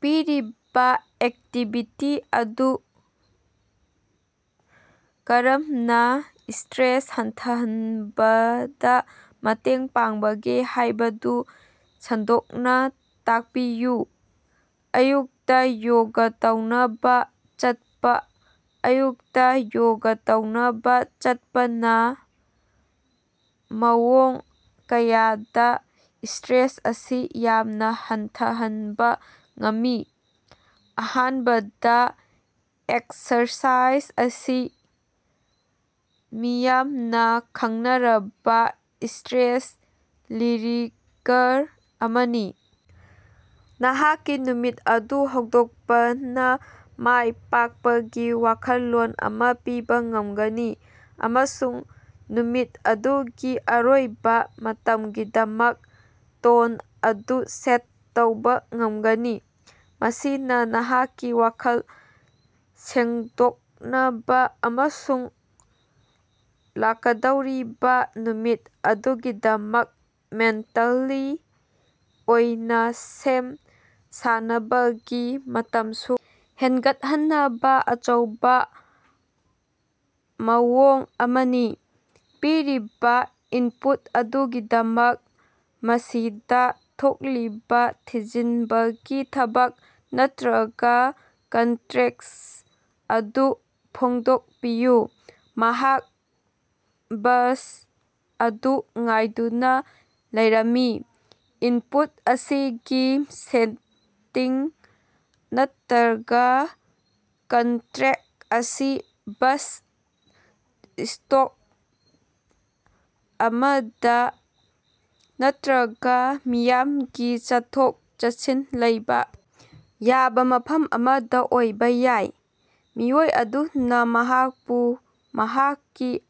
ꯄꯤꯔꯤꯕ ꯑꯦꯛꯇꯤꯚꯤꯇꯤ ꯑꯗꯨꯅ ꯀꯔꯝꯅ ꯁ꯭ꯇꯔꯦꯁ ꯍꯟꯊꯍꯟꯕꯗ ꯃꯇꯦꯡ ꯄꯥꯡꯕꯒꯦ ꯍꯥꯏꯕꯗꯨ ꯁꯟꯗꯣꯛꯅ ꯇꯥꯛꯄꯤꯌꯨ꯫ ꯑꯌꯨꯛꯇ ꯌꯣꯒ ꯇꯧꯅꯕ ꯆꯠꯄ- ꯑꯌꯨꯛꯇ ꯌꯣꯒ ꯇꯧꯅꯕ ꯆꯠꯄꯅ ꯃꯑꯣꯡ ꯀꯌꯥꯗ ꯁ꯭ꯇꯔꯦꯁ ꯑꯁꯤ ꯌꯥꯝꯅ ꯍꯟꯊꯍꯟꯕ ꯉꯝꯃꯤ꯫ ꯑꯍꯥꯟꯕꯗ, ꯑꯦꯛꯁꯔꯁꯥꯏꯖ ꯑꯁꯤ ꯃꯤꯌꯥꯝꯅ ꯈꯪꯅꯔꯕ ꯁ꯭ꯇꯔꯦꯁ-ꯔꯤꯂꯤꯚꯔ ꯑꯃꯅꯤ ꯅꯍꯥꯛꯀꯤ ꯅꯨꯃꯤꯠ ꯑꯗꯨ ꯍꯧꯗꯣꯛꯄꯅ ꯃꯥꯏ ꯄꯥꯛꯄꯒꯤ ꯋꯥꯈꯜꯂꯣꯟ ꯑꯃ ꯄꯤꯕ ꯉꯝꯒꯅꯤ ꯑꯃꯁꯨꯡ ꯅꯨꯃꯤꯠ ꯑꯗꯨꯒꯤ ꯑꯔꯣꯏꯕ ꯃꯇꯝꯒꯤꯗꯃꯛ ꯇꯣꯟ ꯑꯗꯨ ꯁꯦꯠ ꯇꯧꯕ ꯉꯝꯒꯅꯤ꯫ ꯃꯁꯤꯅ ꯅꯍꯥꯛꯀꯤ ꯋꯥꯈꯜ ꯁꯦꯡꯗꯣꯛꯅꯕ ꯑꯃꯁꯨꯡ ꯂꯥꯛꯀꯗꯧꯔꯤꯕ ꯅꯨꯃꯤꯠ ꯑꯗꯨꯒꯤꯗꯃꯛ ꯃꯦꯟꯇꯜꯂꯤ ꯑꯣꯏꯅ ꯁꯦꯝ ꯁꯥꯅꯕꯒꯤ ꯃꯇꯝꯁꯨ ꯍꯦꯟꯒꯠꯍꯟꯅꯕ ꯑꯆꯧꯕ ꯃꯑꯣꯡ ꯑꯃꯅꯤ꯫ ꯄꯤꯔꯤꯕ ꯏꯟꯄꯨꯠ ꯑꯗꯨꯒꯤꯗꯃꯛ ꯃꯁꯤꯗ ꯊꯣꯛꯂꯤꯕ ꯊꯤꯖꯤꯟꯕꯒꯤ ꯊꯕꯛ ꯅꯠꯇ꯭ꯔꯒ ꯀꯟꯇꯦꯛꯁ ꯑꯗꯨ ꯐꯣꯡꯗꯣꯀꯄꯤꯌꯨ꯫ ꯃꯍꯥꯛ ꯕꯁ ꯑꯗꯨ ꯉꯥꯏꯗꯨꯅ ꯂꯩꯔꯝꯃꯤ꯫ ꯏꯟꯄꯨꯠ ꯑꯁꯤꯒꯤ ꯁꯦꯇꯤꯡ ꯅꯠꯇ꯭ꯔꯒ ꯀꯟꯇꯦꯛꯁ ꯑꯁꯤ ꯕꯁ ꯁ꯭ꯇꯣꯞ ꯑꯃꯗ ꯅꯠꯇ꯭ꯔꯒ ꯃꯤꯌꯥꯝꯒꯤ ꯆꯠꯊꯣꯛ-ꯆꯠꯁꯤꯟ ꯂꯩꯕ ꯌꯥꯕ ꯃꯐꯝ ꯑꯃꯗ ꯑꯣꯏꯕ ꯌꯥꯏ꯫ ꯃꯤꯑꯣꯏ ꯑꯗꯨꯅ ꯃꯍꯥꯛꯄꯨ ꯃꯍꯥꯛꯀꯤ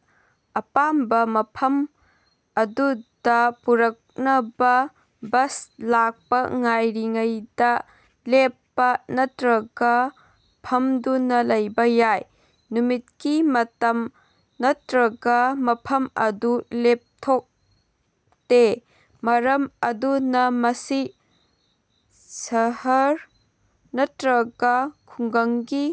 ꯑꯄꯥꯝꯕ ꯃꯐꯝ ꯑꯗꯨꯗ ꯄꯨꯔꯛꯅꯕ ꯕꯁ ꯂꯥꯛꯄ ꯉꯥꯏꯔꯤꯉꯩꯗ ꯂꯦꯞꯄ ꯅꯠꯇ꯭ꯔꯒ ꯐꯝꯗꯨꯅ ꯂꯩꯕ ꯌꯥꯏ꯫ ꯅꯨꯃꯤꯠꯀꯤ ꯃꯇꯝ ꯅꯠꯇ꯭ꯔꯒ ꯃꯐꯝ ꯑꯗꯨ ꯂꯦꯞꯊꯣꯛꯇꯦ ꯃꯔꯝ ꯑꯗꯨꯅ ꯃꯁꯤ ꯁꯍꯔ ꯅꯠꯇ꯭ꯔꯒ ꯈꯨꯡꯒꯪꯒꯤ